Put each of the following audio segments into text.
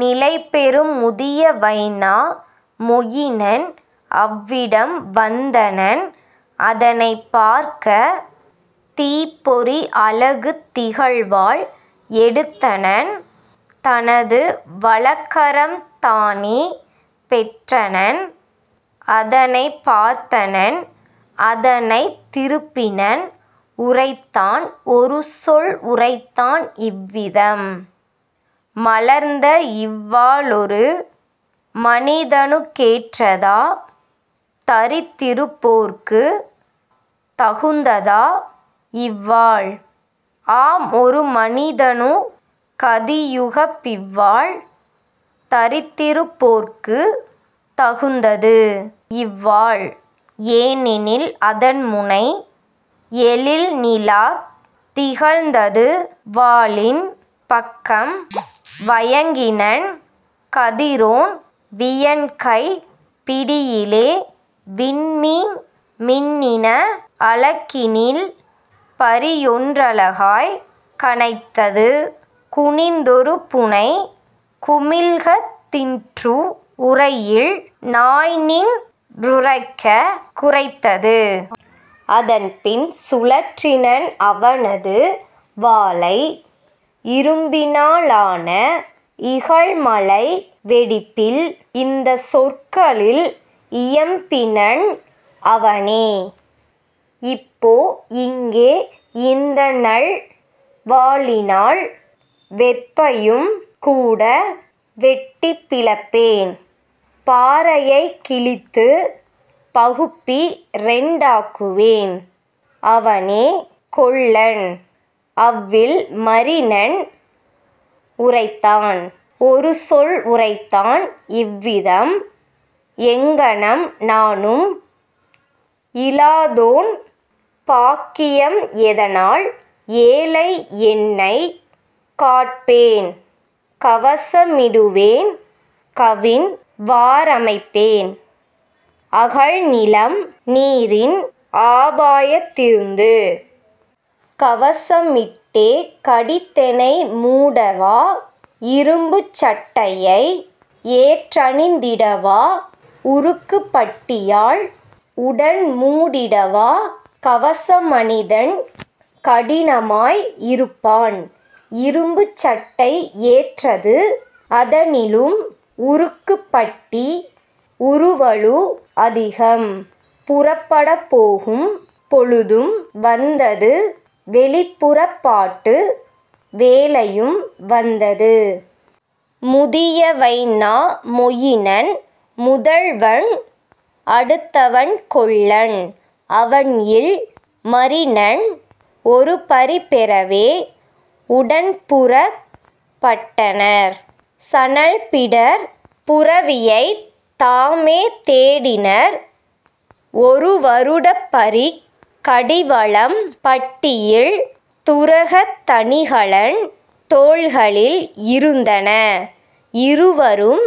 நிலைபெறும் முதிய வைனா மொயினன்। அவ்விடம் வந்தனன் அதனைப் பார்க்க தீப்பொறி அலகு திகழ்வாள் எடுத்தனன் தனது வலக்கரம் தானே பெற்றனன் அதனைப் பார்த்தனன் அதனைத் திருப்பினன் உரைத்தான் ஒருசொல் உரைத்தான் இவ்விதம்: "மலர்ந்தஇவ் வாளொரு மனிதனுக் கேற்றதா தரித்திருப் போற்குத் தகுந்ததா இவ்வாள்? " ஆம், ஒரு மனிதனுக் கதியுகப் பிவ்வாள் தரித்திரிப் போற்குத் தகுந்தது இவ்வாள் ஏனெனில் அதன்முனை எழில்நிலாத் திகழ்ந்தது வாளின் பக்கம் வயங்கினன் கதிரோன் வியன்கைப் பிடியிலே விண்மீன் மின்னின அலகினில் பரியொன் றழகாய்க் கனைத்தது குனிந் தொருபுனை குமிழ்கத் திற்று உறையில் நாய்நின் றுரக்கக் குரைத்தது. அதன்பின் சுழற்றினன் அவனது வாளை இரும்பினா லான இகல்மலை வெடிப்பில் இந்தச் சொற்களில் இயம்பினன் அவனே: "இப்போ இங்கே இந்தநல் வாளினால் வெற்பையும் கூட வெட்டிப் பிளப்பேன் பாறையைக் கிழித்துப் பகுப்பிரண் டாக்குவேன். " அவனே கொல்லன் அவ்வில் மரினன் உரைத்தான் ஒருசொல் உரைத்தான் இவ்விதம்: "எங்ஙனம் நானும் இலாதோன் பாக்கியம் எதனால் ஏழை என்னைக் காப்பேன் கவச மிடுவேன் கவின்வா ரமைப்பேன் அகல்நிலம் நீரின் ஆபாயத் திருந்து? கவச மிட்டே கடிதெனை மூடவா இரும்புச் சட்டையை ஏற்றணிந் திடவா உருக்குப் பட்டியால் உடன்மூ டிடவா? கவச மனிதன் கடினமாய் இருப்பான் இரும்புச் சட்டை ஏற்றது அதனிலும் உருக்குப் பட்டி உறுவலு அதிகம். " புறப்படப் போகும் பொழுதும் வந்தது வெளிப்புறப் பாட்டு வேளையும் வந்தது முதிய வைனா மொயினன் முதல்வன் அடுத்தவன் கொல்லன் அவன்இல் மரினன் ஒருபரி பெறவே உடன்புறப் பட்டனர் சணல்பிடர்ப் புரவியைத் தாமே தேடினர் ஒருவரு டப்பரிக் கடிவளம் பட்டியில் துரகத் தணிகலன் தோள்களில் இருந்தன இருவரும்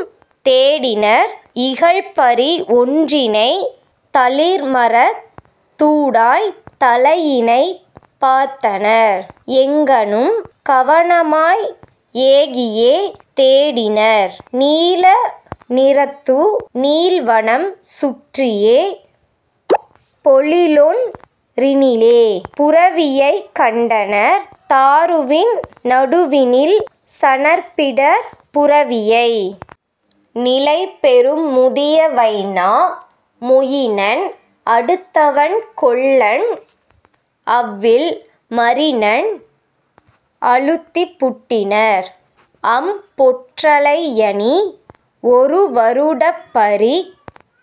தேடினர் இகல்பரி ஒன்றினை தளிர்மரத் தூடாய்த் தலையினைப் பார்த்தனர் எங்ஙணும் கவனமாய் ஏகியே தேடினர் நீல நிறத்து நீள்வனம் சுற்றியே; பொழிலொன் றினிலே புரவியைக் கண்டனர் தாருவின் நடுவினில் சணற்பிடர்ப் புரவியை. நிலைபெறும் முதிய வைனா மொயினன் அடுத்தவன் கொல்லன் அவ்வில் மரினன் அழுத்திப் புட்டினர் அம்பொற் றலையணி ஒருவரு டப்பரிக்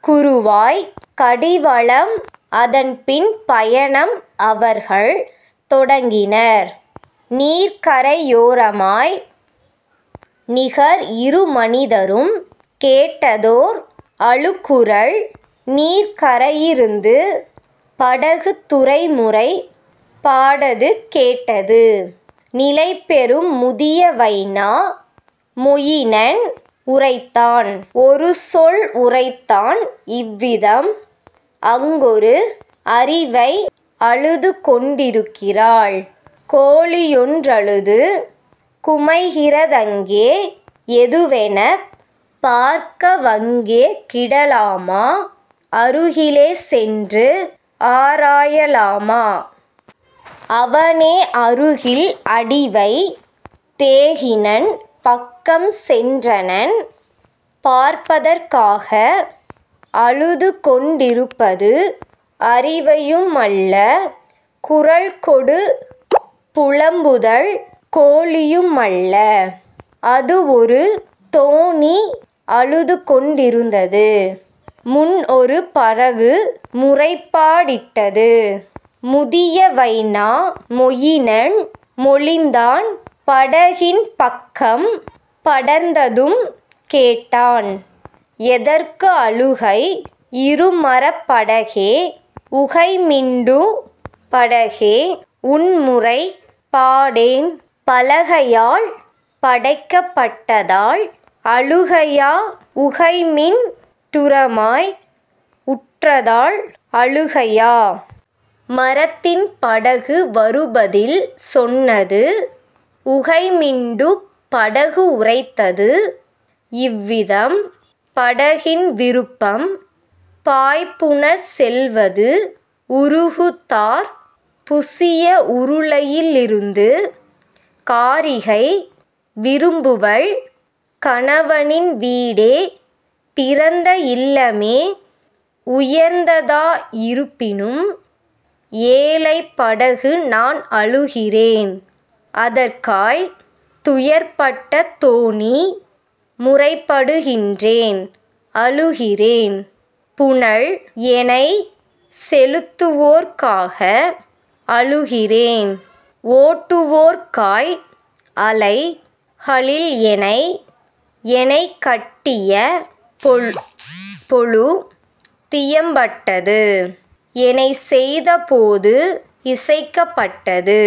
குறுவாய்க் கடிவளம் அதன்பின் பயணம் அவர்கள் தொடங்கினர் நீர்க்கரை யோரமாய் நிகர்இரு மனிதரும் கேட்டதோர் அழுகுரல் நீர்க் கரையிருந்து படகுத் துறைமுறைப் பாடது கேட்டது. நிலைபெறும் முதிய வைனா மொயினன் உரைத்தான் ஒருசொல் உரைத்தான் இவ்விதம்: "அங்கொரு அரிவை அழுதுகொண் டிருக்கிறாள் கோழியொன் றழுது குமைகிற தங்கே எதுவெனப் பார்க்கவங் கேகிட லாமா அருகிலே சென்று ஆராய லாமா? " அவனே அருகில் அடிவைத் தேகினன் பக்கம் சென்றனன் பார்ப்பதற் காக; அழுதுகொண் டிருப்பது அரிவையு மல்ல குரல்கொடு புலம்புதல் கோழியு மல்ல; அதுஒரு தோணி அழுதுகொண் டிருந்தது முன்ஒரு படகு முறைப்பா டிட்டது. முதிய வைனா மொயினன் மொழிந்தான் படகின் பக்கம் படர்ந்ததும் கேட்டான்: "எதற்கு அழுகை இரும்மரப் படகே உகைமிண்டுப் படகே உன்முறைப் பாடேன் பலகையால் படைக்கப் பட்டதால் அழுகையா உகைமிண் டுரமாய் உற்றதால் அழுகையா? " மரத்தின் படகு வருபதில் சொன்னது உகைமிண்டுப் படகு உரைத்தது இவ்விதம்: "படகின் விருப்பம் பாய்புனற் செல்வது உருகு தார் புசிய உருளையி லிருந்து காரிகை விரும்புவள் கணவனின் வீடே பிறந்த இல்லமே உயர்ந்ததா யிருப்பினும்; ஏழைப் படகுநான் அழுகிறேன் அதற்காய் துயர்ப்பட்ட தோணி முறைப்படு கின்றேன் அழுகிறேன் புனல்எனைச் செலுத்துவோற் காக அழுகிறேன் ஓட்டுவோற் காய்அலை களில்எனை. எனைக்கட் டியபொழு தியம்பப் பட்டது எனைச்செய்த போது இசைக்கப் பட்டது